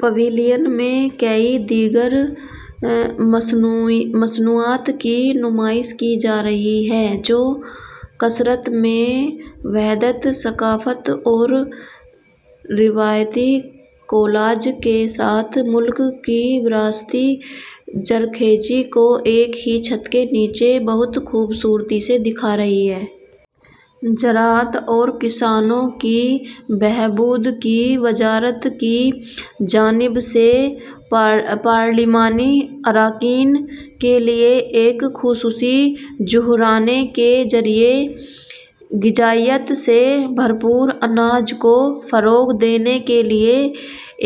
Pavilion میں کئی دیگر مصنوعات کی نمائش کی جا رہی ہے جو کثرت میں وحدت، ثقافت اور روایتی کولاج کے ساتھ ملک کی وراثتی زرخیزی کو ایک ہی چھت کے نیچے بہت خوبصورتی سے دکھا رہی ہیں۔ زراعت اور کسانوں کی بہبود کی وزارت کی جانب سے پارلیمانی اراکین کے لیے ایک خصوصی ظہرانے کے ذریعے غذائیت سے بھرپور اناج کو فروغ دینے کے لیے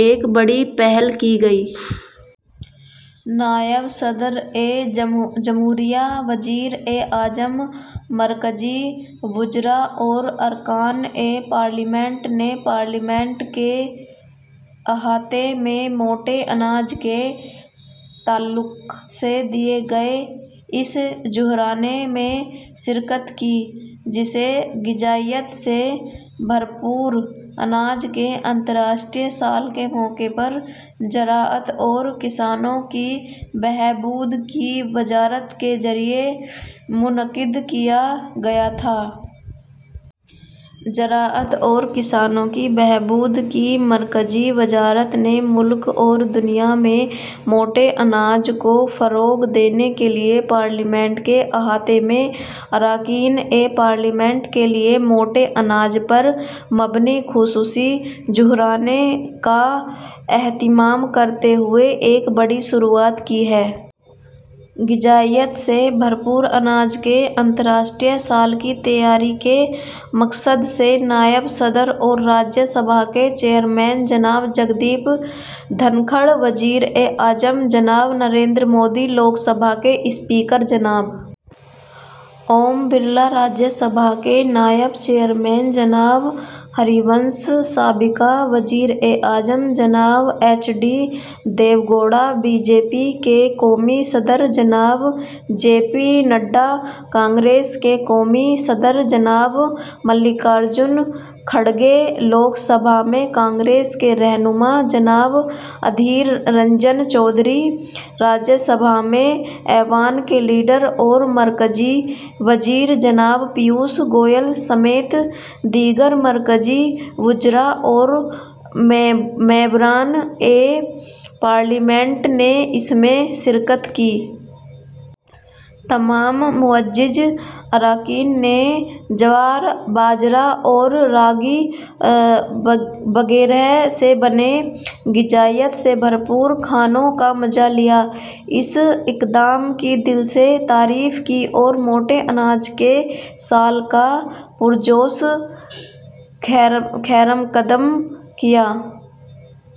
ایک بڑی پہل کی گئی۔ نائب صدر جمہوریہ، وزیر اعظم، مرکزی وزراء اور ارکان پارلیمنٹ نے پارلیمنٹ کے احاطے میں موٹے اناج کے تعلق سے دیے گئے اس ظہرانے میں شرکت کی، جسے غذائیت سے بھرپور اناج کے بین الاقوامی سال کے موقع پر زراعت اور کسانوں کی بہبود کی وزارت کے ذریعے منعقد کیا گیا تھا۔ زراعت اور کسانوں کی بہبود کی مرکزی وزارت نے ملک اور دنیا میں موٹے اناج کو فروغ دینے کے لیے پارلیمنٹ کے احاطے میں اراکین پارلیمنٹ کے لیے موٹے اناج پر مبنی خصوصی ظہرانے کا اہتمام کرتے ہوئے ایک بڑی شروعات کی ہے۔ غذائیت سے بھرپور اناج کے بین الاقوامی سال کی تیاری کے مقصد سے نائب صدر اور راجیہ سبھا کے چیئرمین جناب جگدیپ دھنکھڑ، وزیر اعظم جناب نریندر مودی، لوک سبھا کے اسپیکر جناب اوم برلا، راجیہ سبھا کے نائب چیئرمین جناب ہری ونش، سابق وزیر اعظم جناب ایچ ڈی دیوے گوڑا، بی جے پی کے قومی صدر جناب جے پی نڈا، کانگریس کے قومی صدر جناب ملکاراجن کھڑگے، لوک سبھا میں کانگریس کے رہنما جناب ادھیرنجن چودھری، راجیہ سبھا میں ایوان کے لیڈر اور مرکزی وزیر جناب پیوش گوئل سمیت دیگر مرکزی وزراء اور ممبران پارلیمنٹ نے اس میں شرکت کی۔ تمام معزز اراکین نے جوار، باجرہ اور راگی وغیرہ سے بنے غذائیت سے بھرپور کھانوں کا مزا لیا، اس اقدام کی دل سے تعریف کی اور موٹے اناج کے سال کا پرجوش خیرمقدم کیا۔